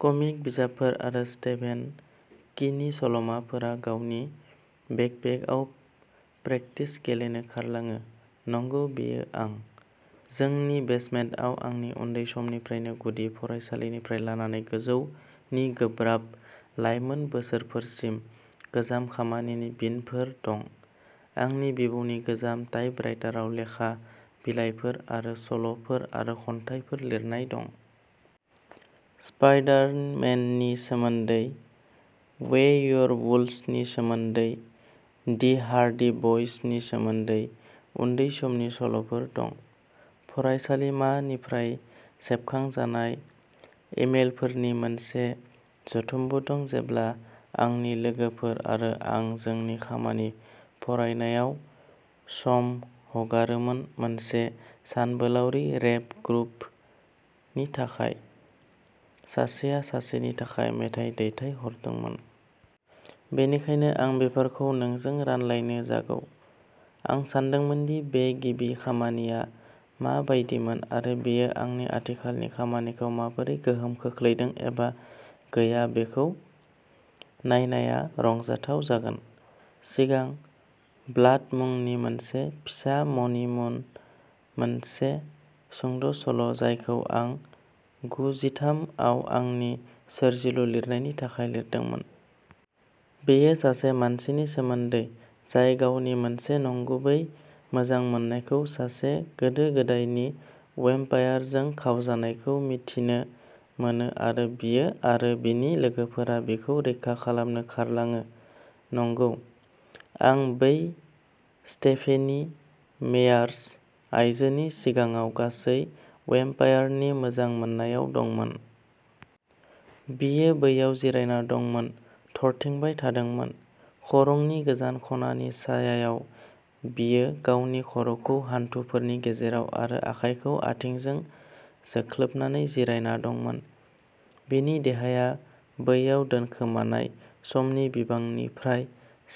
कमिक बिजाबफोर आरो स्टेफेन किंनि सल'माफोरा गावनि बेकपेकआव प्रेकटिस गेलेनो खारलाङो नंगौ बेयो आं। जोंनि बेसमेन्टाव आंनि उन्दै समनिफ्रायनो गुदि फरायसालिनिफ्राय लानानै गोजौनि गोब्राब लाइमोन बोसोरफोरसिम गोजाम खामानिनि बिनफोर दं। आंनि बिबौनि गोजाम टाइपराइटाराव लेखा बिलाइफोर आरो सल'फोर आरो खन्थाइफोर लिरनाय दं। स्पाइडर-मेननि सोमोन्दै वेयरवुल्व्सनि सोमोन्दै दि हार्डि ब'य्सनि सोमोन्दै उन्दै समनि सल'फोर दं। फरायसालिमानिफ्राय सेबखांजानाय इमेलफोरनि मोनसे जुथुमबो दं जेब्ला आंनि लोगोफोर आरो आं जोंनि खामानि फरायनायाव सम हगारोमोन मोनसे सानबोलावरि रेप ग्रुपनि थाखाय सासेया सासेनि थाखाय मेथाइ दैथायहरदोंमोन। बेनिखायनो आं बेफोरखौ नोंजों रानलायनो जागौ। आं सानदोंमोन दि बे गिबि खामानिया मा बायदिमोन आरो बेयो आंनि आथिखालनि खामानिखौ माबोरै गोहोम खोख्लैदों एबा गैया-बेखौ नायनाया रंजाथाव जागोन। सिगां ब्लाड मुंनि मोनसे फिसा मणि मुन मोनसे सुंद'सल'जायखौ आं गुजिथाम आव आंनि सोरजिलु लिरनायनि थाखाय लिरदोंमोन। बेयो सासे मानसिनि सोमोन्दै जाय गावनि मोनसे नंगुबै मोजां मोननायखौ सासे गोदो गोदायनि वेम्पायरजों खावजानायखौ मिथिनो मोनो आरो बियो आरो बिनि लोगोफोरा बिखौ रैखा खालामनो खारलाङो नंगौ। आं बै स्टेफेनि मेयार्स आइजोनि सिगाङाव गासै वेम्पायरनि मोजां मोननायाव दंमोन। बियो बैयाव जिरायना दंमोन थरथिंबाय थादोंमोन। खरंनि गोजान ख'नानि सायायाव बियो गावनि खर'खौ हान्थुफोरनि गेजेराव आरो आखाइखौ आथिंजों जोख्लोबनानै जिरायना दंमोन। बिनि देहाया बैयाव दोनखोमानाय समनि बिबांनिफ्राय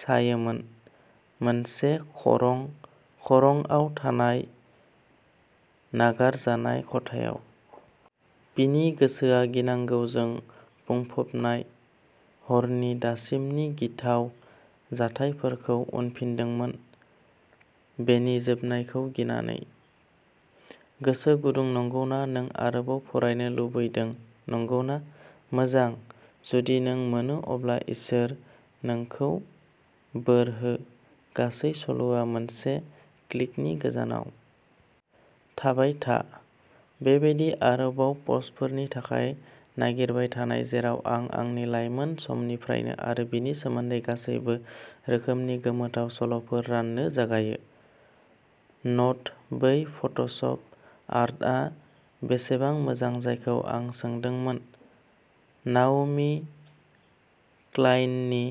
सायोमोन मोनसे ख'रं ख'रंआव थानाय नागारजानाय खथायाव। बिनि गोसोआ गिनांगौजों बुंफबनाय हरनि दासिमनि गिथाव जाथायफोरखौ उनफिनदोंमोन बेनि जोबनायखौ गिनानै। गोसो गुदुं नंगौना नों आरोबाव फरायनो लुबैदों नंगौना मोजां जुदि नों मोनो अब्ला इसोर नोंखौ बोर हो। गासै सल'आ मोनसे क्लिकनि गोजानाव। थाबाय था। बेबायदि आरोबाव पस्टफोरनि थाखाय नागिरबाय थानाय जेराव आं आंनि लाइमोन समनिफ्रायनो आरो बिनि सोमोन्दै गासैबो रोखोमनि गोमोथाव सल'फोर राननो जागायो। नोट बै फट'शप आर्टआ बेसेबां मोजां जायखौ आं सोंदोंमोन नाओमी क्लेइननि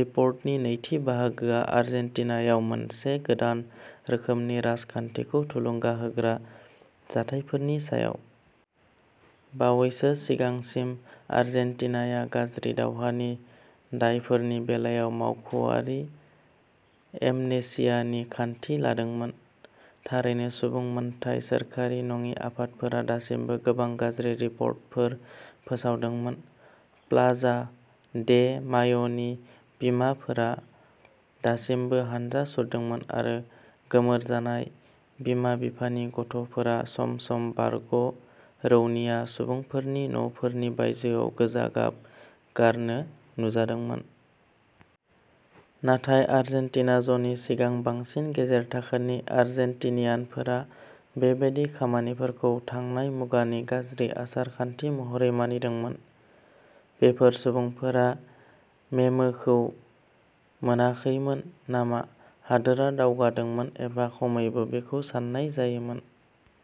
रिपर्टनि नैथि बाहागोआ आर्जेन्टिनायाव मोनसे गोदान रोखोमनि राजखान्थिखौ थुलुंगा होग्रा जाथायफोरनि सायाव। बावैसो सिगांसिम आर्जेन्टिनाया गाज्रि दावहानि दायफोरनि बेलायाव मावख'आरि एमनेसियानि खान्थि लादोंमोन। थारैनो सुबुं मोनथाय सोरखारि नङि आफादफोरा दासिमबो गोबां गाज्रि रिपर्टफोर फोसावदोंमोन प्लाजा दे माय'नि बिमाफोरा दासिमबो हानजा सुरदोंमोन आरो गोमोरजानाय बिमा बिफानि गथ'फोरा सम सम बारग'रौनिया सुबुंफोरनि न'फोरनि बायजोआव गोजा गाब गारनो नुजादोंमोन। नाथाय आर्जेन्टिनाज'नि सिगां बांसिन गेजेर थाखोनि आर्जेन्टिनियानफोरा बेबादि खामानिफोरखौ थांनाय मुगानि गाज्रि आसार खान्थि महरै मानिदोंमोन। बेफोर सुबुंफोरा मेमोखौ मोनाखैमोन नामा हादोरा दावगादोंमोन एबा खमैबो बेखौ सान्नाय जायोमोन।